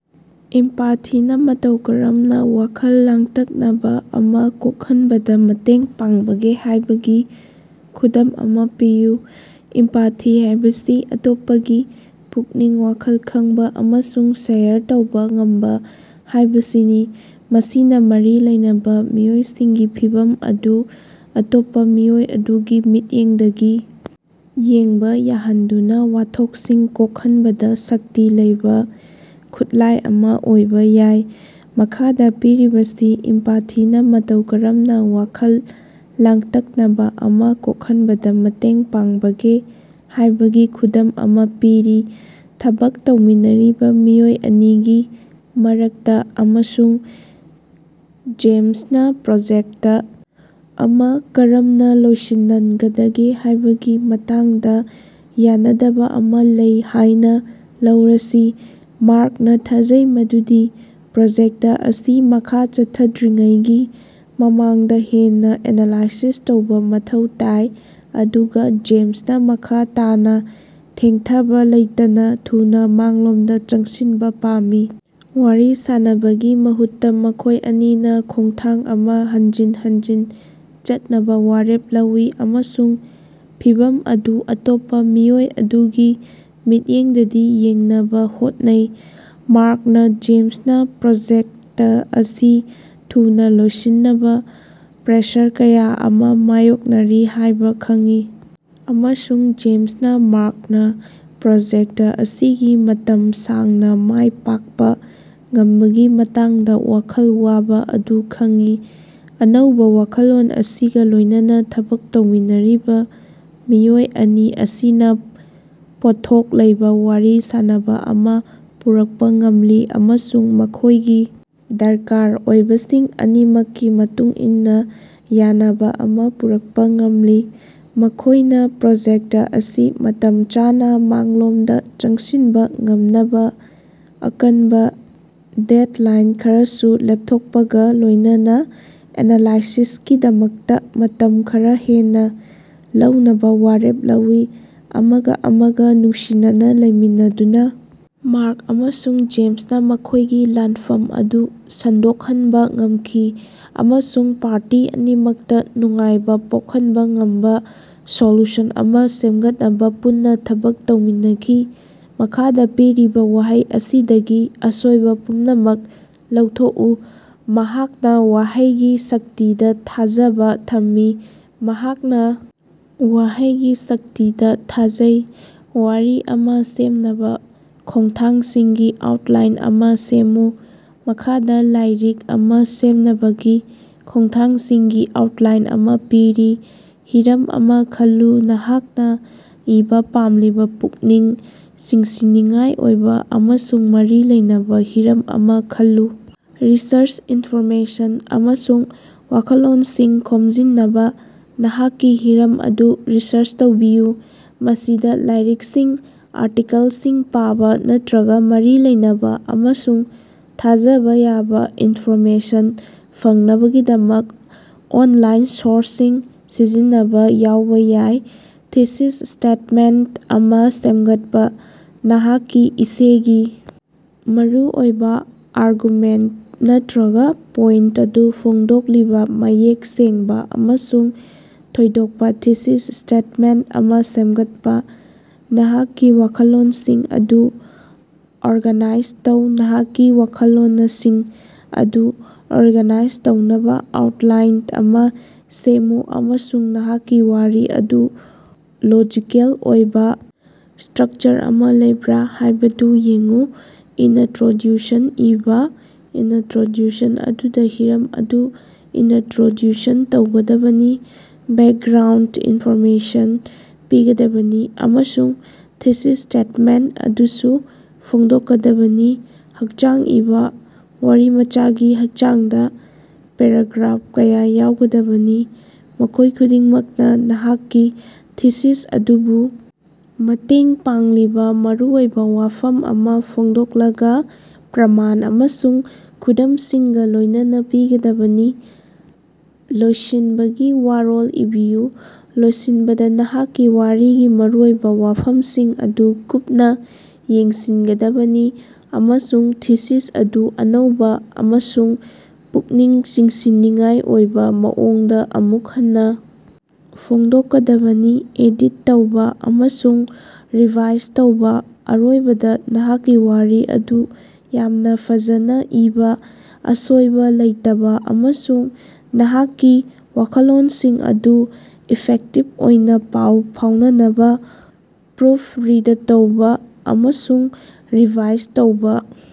ꯏꯝꯄꯥꯊꯤꯅ ꯃꯇꯧ ꯀꯔꯝꯅ ꯋꯥꯈꯜ ꯂꯥꯡꯇꯛꯅꯕ ꯑꯃ ꯀꯣꯛꯍꯟꯕꯗ ꯃꯇꯦꯡ ꯄꯥꯡꯕꯒꯦ ꯍꯥꯏꯕꯒꯤ ꯈꯨꯗꯝ ꯑꯃ ꯄꯤꯌꯨ꯫ ꯏꯝꯄꯥꯊꯤ ꯍꯥꯏꯕꯁꯤ ꯑꯇꯣꯞꯄꯒꯤ ꯄꯨꯛꯅꯤꯡ-ꯋꯥꯈꯜ ꯈꯪꯕ ꯑꯃꯁꯨꯡ ꯁꯦꯌꯔ ꯇꯧꯕ ꯉꯝꯕ ꯍꯥꯏꯕꯁꯤꯅꯤ꯫ ꯃꯁꯤꯅ ꯃꯔꯤ ꯂꯩꯅꯕ ꯃꯤꯑꯣꯏꯁꯤꯡꯒꯤ ꯐꯤꯚꯝ ꯑꯗꯨ ꯑꯇꯣꯞꯄ ꯃꯤꯑꯣꯏ ꯑꯗꯨꯒꯤ ꯃꯤꯠꯌꯦꯡꯗꯒꯤ ꯌꯦꯡꯕ ꯌꯥꯍꯟꯗꯨꯅꯥ ꯋꯥꯊꯣꯛꯁꯤꯡ ꯀꯣꯛꯍꯟꯕꯗ ꯁꯛꯇꯤ ꯂꯩꯕ ꯈꯨꯠꯂꯥꯏ ꯑꯃ ꯑꯣꯏꯕ ꯌꯥꯏ꯫ ꯃꯈꯥꯗ ꯄꯤꯔꯤꯕꯁꯤ ꯏꯝꯄꯥꯊꯤꯅ ꯃꯇꯧ ꯀꯔꯝꯅ ꯋꯥꯈꯜ ꯂꯥꯡꯇꯛꯅꯕ ꯑꯃ ꯀꯣꯛꯍꯟꯕꯗ ꯃꯇꯦꯡ ꯄꯥꯡꯕꯒꯦ ꯍꯥꯏꯕꯒꯤ ꯈꯨꯗꯝ ꯑꯃ ꯄꯤꯔꯤ: ꯊꯕꯛ ꯇꯧꯃꯤꯟꯅꯔꯤꯕ ꯃꯤꯑꯣꯏ ꯑꯅꯤꯒꯤ ꯃꯔꯛꯇ ꯑꯃꯁꯨꯡ ꯖꯦꯝꯁꯅ ꯄ꯭ꯔꯣꯖꯦꯛꯇ ꯑꯃ ꯀꯔꯝꯅ ꯂꯣꯏꯁꯤꯅꯟꯒꯗꯒꯦ ꯍꯥꯏꯕꯒꯤ ꯃꯇꯥꯡꯗ ꯌꯥꯅꯗꯕ ꯑꯃ ꯂꯩ ꯍꯥꯏꯅ ꯂꯧꯔꯁꯤ꯫ ꯃ꯭ꯥꯔꯛꯅ ꯊꯥꯖꯩ ꯃꯗꯨꯗꯤ ꯄ꯭ꯔꯣꯖꯦꯛꯇ ꯑꯁꯤ ꯃꯈꯥ ꯆꯠꯊꯗ꯭ꯔꯤꯉꯩꯒꯤ ꯃꯃꯥꯡꯗ ꯍꯦꯟꯅ ꯑꯦꯅꯂꯥꯏꯁꯤꯁ ꯇꯧꯕ ꯃꯊꯧ ꯇꯥꯏ, ꯑꯗꯨꯒ ꯖꯦꯝꯁꯅ ꯃꯈꯥ ꯇꯥꯅ ꯊꯦꯡꯊꯕ ꯂꯩꯇꯅ ꯊꯨꯅ ꯃꯥꯡꯂꯣꯝꯗ ꯆꯪꯁꯤꯟꯕ ꯄꯥꯝꯃꯤ꯫ ꯋꯥꯔꯤ ꯁꯥꯟꯅꯕꯒꯤ ꯃꯍꯨꯠꯇ ꯃꯈꯣꯏ ꯑꯅꯤꯅ ꯈꯣꯡꯊꯥꯡ ꯑꯃ ꯍꯟꯖꯤꯟ ꯍꯟꯖꯤꯟ ꯆꯠꯅꯕ ꯋꯥꯔꯦꯞ ꯂꯧꯏ ꯑꯃꯁꯨꯡ ꯐꯤꯚꯝ ꯑꯗꯨ ꯑꯇꯣꯞꯄ ꯃꯤꯑꯣꯏ ꯑꯗꯨꯒꯤ ꯃꯤꯠꯌꯦꯡꯗꯒꯤ ꯌꯦꯡꯅꯕ ꯍꯣꯠꯅꯩ꯫ ꯃ꯭ꯥꯔꯛꯅ ꯖꯦꯝꯁꯅ ꯄ꯭ꯔꯣꯖꯦꯛꯇ ꯑꯁꯤ ꯊꯨꯅ ꯂꯣꯏꯁꯤꯟꯅꯕ ꯄ꯭ꯔꯦꯁꯔ ꯀꯌꯥ ꯑꯃ ꯃꯥꯌꯣꯛꯅꯔꯤ ꯍꯥꯏꯕ ꯈꯪꯏ ꯑꯃꯁꯨꯡ ꯖꯦꯝꯁꯅ ꯃ꯭ꯥꯔꯛꯅ ꯄ꯭ꯔꯣꯖꯦꯛꯇ ꯑꯁꯤꯒꯤ ꯃꯇꯝ ꯁꯥꯡꯅ ꯃꯥꯏ ꯄꯥꯛꯄ ꯉꯝꯕꯒꯤ ꯃꯇꯥꯡꯗ ꯋꯥꯈꯜ ꯋꯥꯕ ꯑꯗꯨ ꯈꯪꯏ꯫ ꯑꯅꯧꯕ ꯋꯥꯈꯜꯂꯣꯟ ꯑꯁꯤꯒ ꯂꯣꯏꯅꯅ ꯊꯕꯛ ꯇꯧꯃꯤꯟꯅꯔꯤꯕ ꯃꯤꯑꯣꯏ ꯑꯅꯤ ꯑꯁꯤꯅ ꯄꯣꯠꯊꯣꯛ ꯂꯩꯕ ꯋꯥꯔꯤ ꯁꯥꯅꯕ ꯑꯃ ꯄꯨꯔꯛꯄ ꯉꯝꯂꯤ ꯑꯃꯁꯨꯡ ꯃꯈꯣꯏꯒꯤ ꯗꯔꯀꯥꯔ ꯑꯣꯏꯕꯁꯤꯡ ꯑꯅꯤꯃꯛꯀꯤ ꯃꯇꯨꯡ ꯏꯟꯅ ꯌꯥꯅꯕ ꯑꯃ ꯄꯨꯔꯛꯄ ꯉꯝꯂꯤ꯫ ꯃꯈꯣꯏꯅ ꯄ꯭ꯔꯣꯖꯦꯛꯇ ꯑꯁꯤ ꯃꯇꯝ ꯆꯥꯅ ꯃꯥꯡꯂꯣꯝꯗ ꯆꯪꯁꯤꯟꯕ ꯉꯝꯅꯕ ꯑꯀꯟꯕ ꯗꯦꯗꯂꯥꯏꯟ ꯈꯔꯁꯨ ꯂꯦꯞꯊꯣꯛꯄꯒ ꯂꯣꯏꯅꯅ ꯑꯦꯅꯂꯥꯏꯁꯤꯁꯀꯤꯗꯃꯛꯇ ꯃꯇꯝ ꯈꯔ ꯍꯦꯟꯅ ꯂꯧꯅꯕ ꯋꯥꯔꯦꯞ ꯂꯧꯏ꯫ ꯑꯃꯒ ꯑꯃꯒ ꯅꯨꯡꯁꯤꯅꯅ ꯂꯩꯃꯤꯟꯅꯗꯨꯅ ꯃ꯭ꯥꯔꯛ ꯑꯃꯁꯨꯡ ꯖꯦꯝꯁꯅ ꯃꯈꯣꯏꯒꯤ ꯂꯥꯟꯐꯝ ꯑꯗꯨ ꯁꯟꯗꯣꯛꯍꯟꯕ ꯉꯝꯈꯤ ꯑꯃꯁꯨꯡ ꯄꯥꯔꯇꯤ ꯑꯅꯤꯃꯛꯇ ꯅꯨꯡꯉꯥꯏꯕ ꯄꯣꯛꯍꯟꯕ ꯉꯝꯕ ꯁꯣꯂꯨꯁꯟ ꯑꯃ ꯁꯦꯝꯒꯠꯅꯕ ꯄꯨꯟꯅ ꯊꯕꯛ ꯇꯧꯃꯤꯟꯅꯈꯤ꯫ ꯃꯈꯥꯗ ꯄꯤꯔꯤꯕ ꯋꯥꯍꯩ ꯑꯁꯤꯗꯒꯤ ꯑꯁꯣꯏꯕ ꯄꯨꯝꯅꯃꯛ ꯂꯧꯊꯣꯛꯎ꯫ "ꯃꯍꯥꯛꯅ ꯋꯥꯍꯩꯒꯤ ꯁꯛꯇꯤꯗ ꯊꯥꯖꯕ ꯊꯝꯃꯤ"꯫ ꯃꯍꯥꯛꯅ ꯋꯥꯍꯩꯒꯤ ꯁꯛꯇꯤꯗ ꯊꯥꯖꯩ꯫ ꯋꯥꯔꯤ ꯑꯃ ꯁꯦꯝꯅꯕ ꯈꯣꯡꯊꯥꯡꯁꯤꯡꯒꯤ ꯑꯥꯎꯇꯂꯥꯏꯟ ꯑꯃ ꯁꯦꯝꯃꯨ꯫ ꯃꯈꯥꯗ ꯂꯥꯏꯔꯤꯛ ꯑꯃ ꯁꯦꯝꯅꯕꯒꯤ ꯈꯣꯡꯊꯥꯡꯁꯤꯡꯒꯤ ꯑꯥꯎꯇꯂꯥꯏꯟ ꯑꯃ ꯄꯤꯔꯤ ꯍꯤꯔꯝ ꯑꯃ ꯈꯜꯂꯨ ꯅꯍꯥꯛꯅ ꯏꯕ ꯄꯥꯝꯂꯤꯕ ꯄꯨꯛꯅꯤꯡ ꯆꯤꯡꯁꯤꯟꯅꯤꯡꯉꯥꯏ ꯑꯣꯏꯕ ꯑꯃꯁꯨꯡ ꯃꯔꯤ ꯂꯩꯅꯕ ꯍꯤꯔꯝ ꯑꯃ ꯈꯜꯂꯨ꯫ ꯔꯤꯁꯔꯆ: ꯏꯟꯐꯣꯔꯃꯦꯁꯟ ꯑꯃꯁꯨꯡ ꯋꯥꯈꯜꯂꯣꯟꯁꯤꯡ ꯈꯣꯝꯖꯤꯟꯅꯕ ꯅꯍꯥꯛꯀꯤ ꯍꯤꯔꯝ ꯑꯗꯨ ꯔꯤꯁꯔꯆ ꯇꯧꯕꯤꯌꯨ꯫ ꯃꯁꯤꯗ ꯂꯥꯏꯔꯤꯛꯁꯤꯡ, ꯑꯥꯔꯇꯤꯀꯜꯁꯤꯡ ꯄꯥꯕ ꯅꯠꯇ꯭ꯔꯒ ꯃꯔꯤ ꯂꯩꯅꯕ ꯑꯃꯁꯨꯡ ꯊꯥꯖꯕ ꯌꯥꯕ ꯏꯟꯐꯣꯔꯃꯦꯁꯟ ꯐꯪꯅꯕꯒꯤꯗꯃꯛ ꯑꯣꯟꯂꯥꯏꯟ ꯁꯣꯔꯁꯁꯤꯡ ꯁꯤꯖꯤꯟꯅꯕ ꯌꯥꯎꯕ ꯌꯥꯏ꯫ ꯊꯤꯁꯤꯁ ꯁ꯭ꯇꯦꯠꯃꯦꯟꯇ ꯑꯃ ꯁꯦꯝꯒꯠꯄ: ꯅꯍꯥꯛꯀꯤ ꯏꯁꯦꯒꯤ ꯃꯔꯨꯑꯣꯏꯕꯥ ꯑꯥꯔꯒꯨꯃꯦꯟꯇ ꯅꯠꯇꯔꯒ ꯄꯣꯏꯟꯇ ꯑꯗꯨ ꯐꯣꯡꯗꯣꯛꯂꯤꯕ ꯃꯌꯦꯛ ꯁꯦꯡꯕ ꯑꯃꯁꯨꯡ ꯊꯣꯏꯗꯣꯛꯄ ꯊꯤꯁꯤꯁ ꯁ꯭ꯇꯦꯠꯃꯦꯟꯇ ꯑꯃ ꯁꯦꯝꯒꯠꯄ꯫ ꯅꯍꯥꯛꯀꯤ ꯋꯥꯈꯜꯂꯣꯟꯁꯤꯡ ꯑꯗꯨ ꯑꯣꯔꯒꯅꯥꯏꯖ ꯇꯧ ꯅꯍꯥꯛꯀꯤ ꯋꯥꯈꯜꯂꯣꯅꯁꯤꯡ ꯑꯗꯨ ꯑꯣꯔꯒꯅꯥꯏꯖ ꯇꯧꯅꯕ ꯑꯥꯎꯇꯂꯥꯏꯟ ꯑꯃ ꯁꯦꯝꯃꯨ ꯑꯃꯁꯨꯡ ꯅꯍꯥꯛꯀꯤ ꯋꯥꯔꯤ ꯑꯗꯨ ꯂꯣꯖꯤꯀꯦꯜ ꯑꯣꯏꯕ ꯁ꯭ꯇꯔꯛꯆꯔ ꯑꯃ ꯂꯩꯕ꯭ꯔꯥ ꯍꯥꯏꯕꯗꯨ ꯌꯦꯡꯎ꯫ ꯏꯅꯇ꯭ꯔꯣꯗ꯭ꯌꯨꯁꯟ ꯏꯕ ꯏꯅꯇ꯭ꯔꯣꯗ꯭ꯌꯨꯁꯟ ꯑꯗꯨꯗ ꯍꯤꯔꯝ ꯑꯗꯨ ꯏꯅꯇ꯭ꯔꯣꯗ꯭ꯌꯨꯁꯟ ꯇꯧꯒꯗꯕꯅꯤ, ꯕꯦꯛꯒ꯭ꯔꯥꯎꯟꯗ ꯏꯟꯐꯣꯔꯃꯦꯁꯟ ꯄꯤꯒꯗꯕꯅꯤ ꯑꯃꯁꯨꯡ ꯊꯤꯁꯤꯁ ꯁ꯭ꯇꯦꯠꯃꯦꯟꯇ ꯑꯗꯨꯁꯨ ꯐꯣꯡꯗꯣꯛꯀꯗꯕꯅꯤ꯫ ꯍꯛꯆꯥꯡ ꯏꯕ: ꯋꯥꯔꯤꯃꯆꯥꯒꯤ ꯍꯛꯆꯥꯡꯗ ꯄꯦꯔꯥꯒ꯭ꯔꯥꯐ ꯀꯌꯥ ꯌꯥꯎꯒꯗꯕꯅꯤ, ꯃꯈꯣꯏ ꯈꯨꯗꯤꯡꯃꯛꯅ ꯅꯍꯥꯛꯀꯤ ꯊꯤꯁꯤꯁ ꯑꯗꯨꯕꯨ ꯃꯇꯦꯡ ꯄꯥꯡꯂꯤꯕ ꯃꯔꯨꯑꯣꯏꯕ ꯋꯥꯐꯝ ꯑꯃ ꯐꯣꯡꯗꯣꯛꯂꯒ, ꯄ꯭ꯔꯃꯥꯟ ꯑꯃꯁꯨꯡ ꯈꯨꯗꯝꯁꯤꯡꯒ ꯂꯣꯏꯅꯅ ꯄꯤꯒꯗꯕꯅꯤ꯫ ꯂꯣꯏꯁꯤꯟꯕꯒꯤ ꯋꯥꯔꯣꯜ ꯏꯕꯤꯌꯨ: ꯂꯣꯏꯁꯤꯟꯕꯗ ꯅꯍꯥꯛꯀꯤ ꯋꯥꯔꯤꯒꯤ ꯃꯔꯨꯑꯣꯏꯕ ꯋꯥꯐꯝꯁꯤꯡ ꯑꯗꯨ ꯀꯨꯞꯅ ꯌꯦꯡꯁꯤꯟꯒꯗꯕꯅꯤ ꯑꯃꯁꯨꯡ ꯊꯤꯁꯤꯁ ꯑꯗꯨ ꯑꯅꯧꯕ ꯑꯃꯁꯨꯡ ꯄꯨꯛꯅꯤꯡ ꯆꯤꯡꯁꯤꯟꯅꯤꯡꯉꯥꯏ ꯑꯣꯏꯕ ꯃꯑꯣꯡꯗ ꯑꯃꯨꯛ ꯍꯟꯅ ꯐꯣꯡꯗꯣꯛꯀꯗꯕꯅꯤ꯫ ꯑꯦꯗꯤꯠ ꯇꯧꯕ ꯑꯃꯁꯨꯡ ꯔꯤꯚꯥꯏꯁ ꯇꯧꯕ: ꯑꯔꯣꯏꯕꯗ, ꯅꯍꯥꯛꯀꯤ ꯋꯥꯔꯤ ꯑꯗꯨ ꯌꯥꯝꯅ ꯐꯖꯅ ꯏꯕ, ꯑꯁꯣꯏꯕ ꯂꯩꯇꯕ ꯑꯃꯁꯨꯡ ꯅꯍꯥꯛꯀꯤ ꯋꯥꯈꯜꯂꯣꯟꯁꯤꯡ ꯑꯗꯨ ꯏꯐꯦꯛꯇꯤꯚ ꯑꯣꯏꯅ ꯄꯥꯎ ꯐꯥꯎꯅꯅꯕ ꯄ꯭ꯔꯨꯐ ꯔꯤꯗ ꯇꯧꯕ ꯑꯃꯁꯨꯡ ꯔꯤꯚꯥꯏꯁ ꯇꯧꯕ꯫